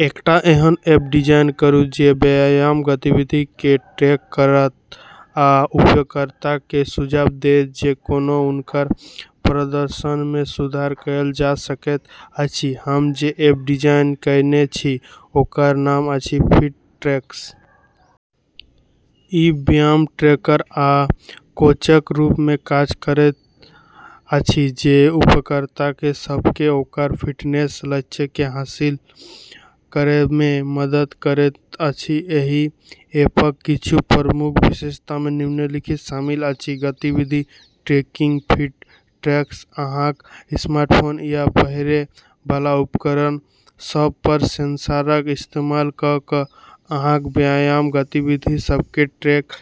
एकटा एहन app design करू जे व्यायाम गतिविधि केँ ट्रैक करत आ उपयोगकर्ताकेँ सुझाव देत जे कोना हुनकर प्रदर्शनमे सुधार कएल जा सकैत अछि। हम जे ऐप डिजाइन कएने छी ओकर नाम अछि "फिटट्रैक्स"। ई व्यायाम ट्रैकर आ कोचक रूपमे काज करैत अछि जे उपयोगकर्ता सभकेँ ओकर फिटनेस लक्ष्यकेँ हासिल करैमे मदद करैत अछि। एहि ऐपक किछु प्रमुख विशेषतामे निम्नलिखित शामिल अछि: गतिविधि ट्रैकिंग: फिटट्रैक्स अहाँक स्मार्टफोन या पहिरै वाला उपकरण सभपर सेंसरक इस्तेमाल कऽ कऽ अहाँक व्यायाम गतिविधि सभकेँ ट्रैक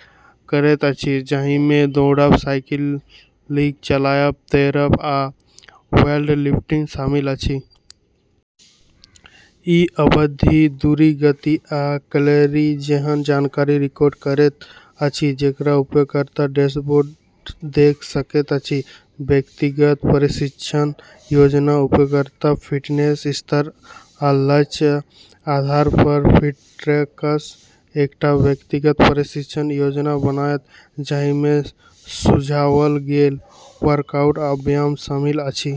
करैत अछि, जाहिमे दौड़ब, साइकिल चलाबब, तैरब, आ वेटलिफ्टिंग शामिल अछि। ई अवधि, दूरी, गति, आ कैलोरी जेहन जानकारी रिकॉर्ड करैत अछि, जेकरा उपयोगकर्ता डैशबोर्डमे देख सकैत अछि। व्यक्तिगत प्रशिक्षण योजना: उपयोगकर्ताक फिटनेस स्तर आ लक्ष्यक आधारपर फिटट्रैक्स एकटा व्यक्तिगत प्रशिक्षण योजना बनायत जाहिमे सुझाओल गेल वर्कआउट आ व्यायाम शामिल अछि।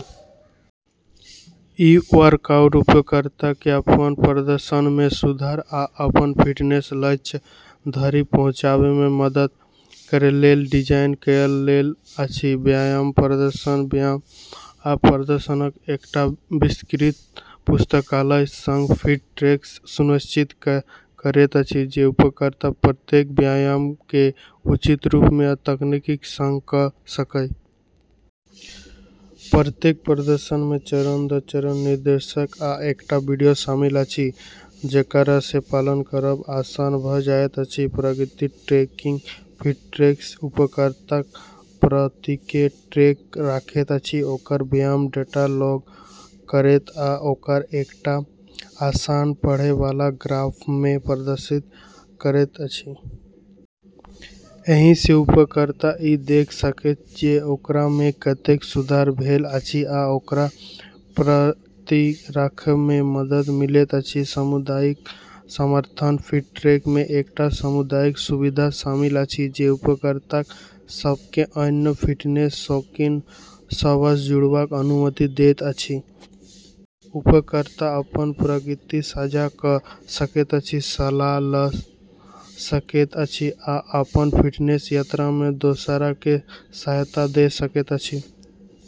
ई वर्कआउट उपयोगकर्ताकेँ अपन प्रदर्शनमे सुधार आ अपन फिटनेस लक्ष्य धरि पहुँचैमे मदद करैलेल डिजाइन कएल गेल अछि। व्यायाम प्रदर्शन: व्यायाम प्रदर्शनक एकटा विस्तृत पुस्तकालयक संग, फिटट्रैक्स सुनिश्चित करैत अछि जे उपयोगकर्ता प्रत्येक व्यायामकेँ उचित रूप आ तकनीकक संग कऽ सकय। प्रत्येक प्रदर्शनमे चरण-दर-चरण निर्देश आ एकटा वीडियो शामिल अछि, जेकरासँ पालन करब आसान भऽ जाइत अछि। प्रगति ट्रैकिंग: फिटट्रैक्स उपयोगकर्ताक प्रगतिकेँ ट्रैक रखैत अछि, ओकर व्यायाम डेटा लॉग करैत आ ओकरा एकटा आसान-पढ़ै वाला ग्राफमे प्रदर्शित करैत अछि। एहिसँ उपयोगकर्ता ई देख सकैत अछि जे ओकरामे कतेक सुधार भेल अछि आ ओकरा प्रेरित रखैमे मदद मिलैत अछि। सामुदायिक समर्थन: फिटट्रैक्समे एकटा सामुदायिक सुविधा शामिल अछि जे उपयोगकर्ता सभकेँ अन्य फिटनेस शौकीन सभसँ जुड़बाक अनुमति दैत अछि। उपयोगकर्ता अपन प्रगति साझा कऽ सकैत अछि, सलाह लऽ सकैत अछि, आ अपन फिटनेस यात्रामे दोसरकेँ सहायता दऽ सकैत अछि।